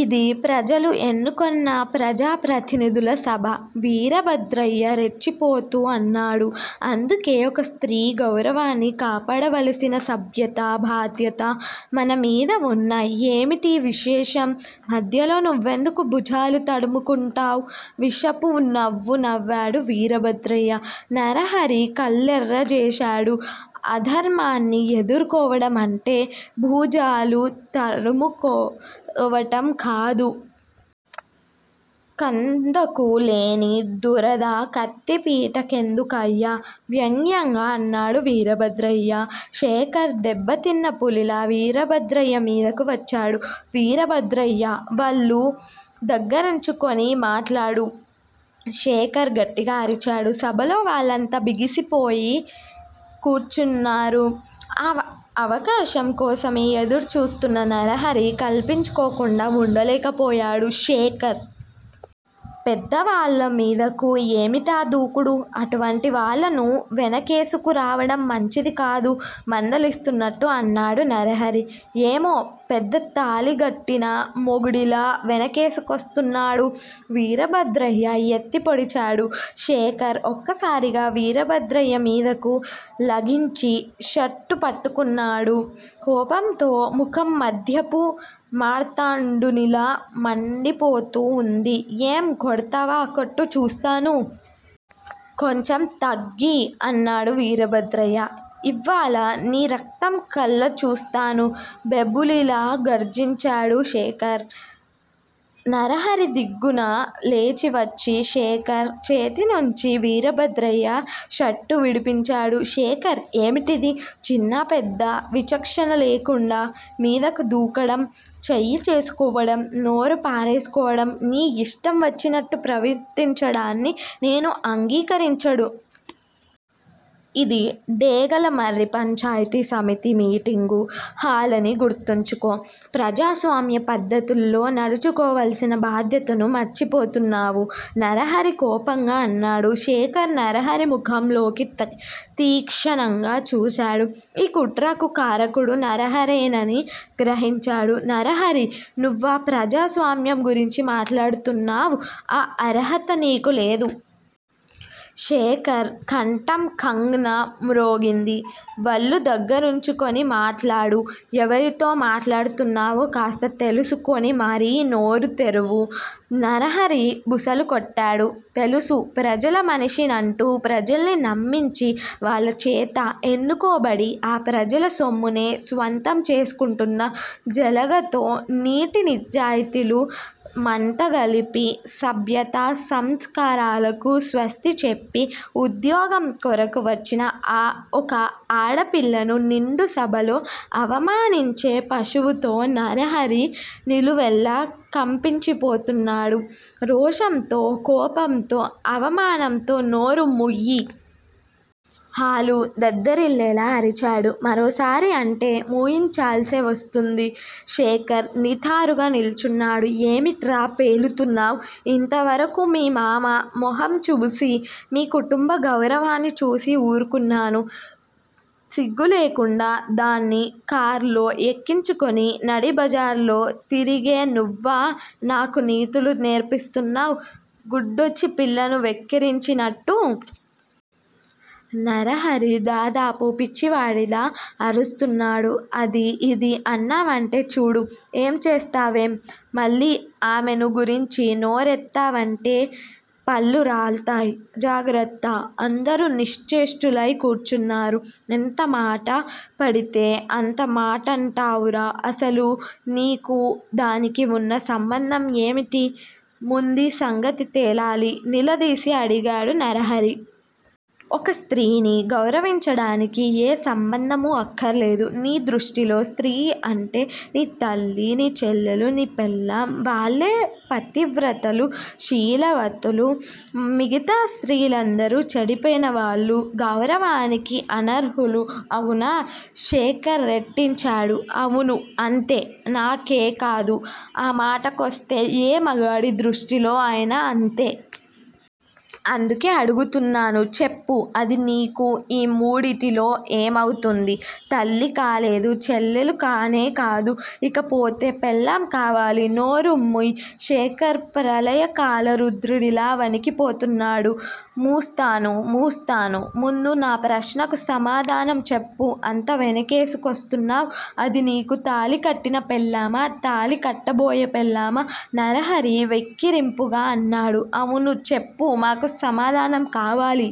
ఇది ప్రజలు ఎన్నుకొన్న ప్రజా ప్రతినిధుల సభ! వీరభద్రయ్య రెచ్చిపోతూ అన్నాడు. అందుకే ఒక స్త్రీ గౌరవాన్ని కాపాడవలసిన సభ్యతా, బాధ్యతా మన మీద వున్నాయ్! ఏమిటి విశేషం! మధ్యలో నువ్వెందుకు భుజాలు తడుముకుంటావ్! విషపు నవ్వు నవ్వాడు వీరభద్రయ్య, నరహరి కళ్ళెర్రజేశాడు. అధర్మాన్ని ఎదుర్కోవడం అంటే భుజాలు తడుము కోవటంకాదు. కందకు లేని దురద కత్తిపీట కెందుకయ్యా? వ్యంగ్యంగా అన్నాడు వీరభద్రయ్య. శేఖర్ దెబ్బతిన్న పులిలా వీరభద్రయ్య మీదకు వచ్చాడు. వీరభద్రయ్యా! వళ్ళు దగ్గరుంచుకొని మాట్లాడు! శేఖర్ గట్టిగా అరిచాడు. సభలో వాళ్ళంతా బిగిసిపోయి కూర్చున్నారు. ఆ అవకాశం కోసమే ఎదురుచూస్తున్న నరహరి కల్పించుకోకుండా వుండలేకపోయాడు. శేఖర్! పెద్దవాళ్ళమీదకు ఏమిటా దూకుడు? అటువంటివాళ్ళను వెనకేసుకు రావడం మంచిదికాదు మందలిస్తున్నట్టు అన్నాడు నరహరి. ఏమో పెద్ద తాళిగట్టిన మొగుడిలా వెనకేసుకొస్తున్నాడు! వీరభద్రయ్య ఎత్తి పొడిచాడు. శేఖర్ ఒక్కసారిగా వీరభద్రయ్యమీదకు లంఘించి షర్టు పట్టుకున్నాడు. కోపంతో ముఖం మధ్యాహ్నపు మార్తాండునిలా మండిపోతూ వుంది. ఏం? కొడ్తావా? కొట్టు చూస్తాను? కొంచెం తగ్గి అన్నాడు వీరభద్రయ్య. ఇవ్వాళ నీ రక్తం కళ్ళచూస్తాను! బెబ్బులిలా గర్జించాడు శేఖర్! నరహరి దిగ్గున లేచివచ్చి శేఖర్ చేతినుంచి వీరభద్రయ్య షర్టు విడిపించాడు. శేఖర్ ఏమిటిది? చిన్నా పెద్దా విచక్షణలేకుండా మీదకు దూకడం, చెయ్యి చేసుకోవడం, నోరు పారేసుకోవడం. నీ యిష్టం వచ్చినట్టు ప్రవర్తించడాన్ని నేను అంగీకరించను. ఇది డేగలమర్రి పంచాయితీ సమితి మీటింగు హాలని గుర్తించుకో! ప్రజాస్వామ్య పద్ధతుల్లో నడుచుకోవలసిన బాధ్యతను మర్చిపోతున్నావు నరహరి కోపంగా అన్నాడు. శేఖర్ నరహరి ముఖంలోకి తీక్షణంగా చూశాడు. ఈ కుట్రకు కారకుడు నరహరేనని గ్రహించాడు. నరహరీ! నువ్వా ప్రజాస్వామ్యం గురించి మాట్లాడుతున్నావ్? ఆ అర్హత నీకు లేదు! శేఖర్ కంఠం ఖంగ్ న మ్రోగింది. వళ్ళు దగ్గరుంచుకొని మాట్లాడు. ఎవరితో మాట్లాడుతున్నావో కాస్త తెలుసుకొని మరీ నోరు తెరువు! నరహరి బుసలు కొట్టాడు. తెలుసు! ప్రజలమనిషినంటూ ప్రజల్ని నమ్మించి వాళ్ళచేత ఎన్నుకోబడి, ఆ ప్రజల సొమ్మునే స్వంతం చేసుకుంటున్న జెలగతో నీతి నిజాయితీలు మంటగలిపి సభ్యతా సంస్కారాలకు స్వస్తి చెప్పి ఉద్యోగంకొరకు వచ్చిన ఒక ఆడపిల్లను నిండు సభలో అవమానించే పశువుతో నరహరి నిలువెల్లా కంపించిపోతున్నాడు రోషంతో, కోపంతో అవమానంతో నోరుముయ్యి! హాలు దద్దరిల్లేలా అరిచాడు. మరోసారి అంటే మూయించాల్సే వస్తుంది! శేఖర్ నిటారుగా నిల్చున్నాడు. ఏమిట్రా పేలుతున్నావ్? ఇంతవరకూ మీ మామ మొహంచూసీ, మీ కుటుంబ గౌరవాన్నిచూసీ ఊరుకున్నాను. సిగ్గులేకుండా దాన్ని కార్లో ఎక్కించుకుని నడిబజార్లో తిరిగే నువ్వా నాకు నీతులు నేర్పిస్తున్నావ్. గుడ్డొచ్చి పిల్లను వెక్కిరించినట్టు? నరహరి దాదాపు పిచ్చివాడిలా అరుస్తున్నాడు. అదీ ఇదీ అన్నావంటే చూడు ఏంచేస్తా వేం? మళ్ళీ ఆమెనుగురించి నోరెత్తావంటే పళ్ళు రాల్తాయ్! జాగ్రత్త! అందరూ నిశ్చేష్టులై కూర్చున్నారు. ఎంతమాట పడితే అంత మాటంటావురా? అసలు నీకూ దానికి వున్న సంబంధం ఏమిటి? ముందీసంగతి తేలాలి? నిలదీసి అడిగాడు నరహరి. ఒక స్త్రీని గౌరవించడానికి ఏ సంబంధమూ అక్కర్లేదు. నీ దృష్టిలో స్త్రీ అంటే, నీ తల్లీ, నీ చెల్లెలూ, నీ పెళ్ళాం. వాళ్ళే పతివ్రతలు శీలవాతులు, మిగతా స్త్రీలందరూ చెడిపోయినవాళ్ళు. గౌరవానికి అనర్హులు. అవునా! శేఖర్ రెట్టించాడు. అవును! అంతే! నాకేకాదు ఆమాటకొస్తే ఏ మగాడి దృష్టిలో ఐనా అంతే. అందుకే అడుగుతున్నాను చెప్పు! అది నీకు ఈ మూడింటిలో ఏమౌతుంది? తల్లి కాలేదు. చెల్లెలు కానేకాదు. ఇక పోతే పెళ్ళాం కావాలి! నోరు ముయ్! శేఖర్ ప్రళయకాల రుద్రుడిలా వణికిపోతున్నాడు. మూస్తాను! మూస్తాను! ముందు నా ప్రశ్నకు సమాధానం చెప్పు! అంత వెనకేసుకొస్తున్నావ్ అది నీకు తాళికట్టిన పెళ్ళామా తాళి కట్టబోయే పెళ్ళామా! నరహరి వెక్కిరింపుగా అన్నాడు. అవును! చెప్పు! మాకు సమాధానం కావాలి!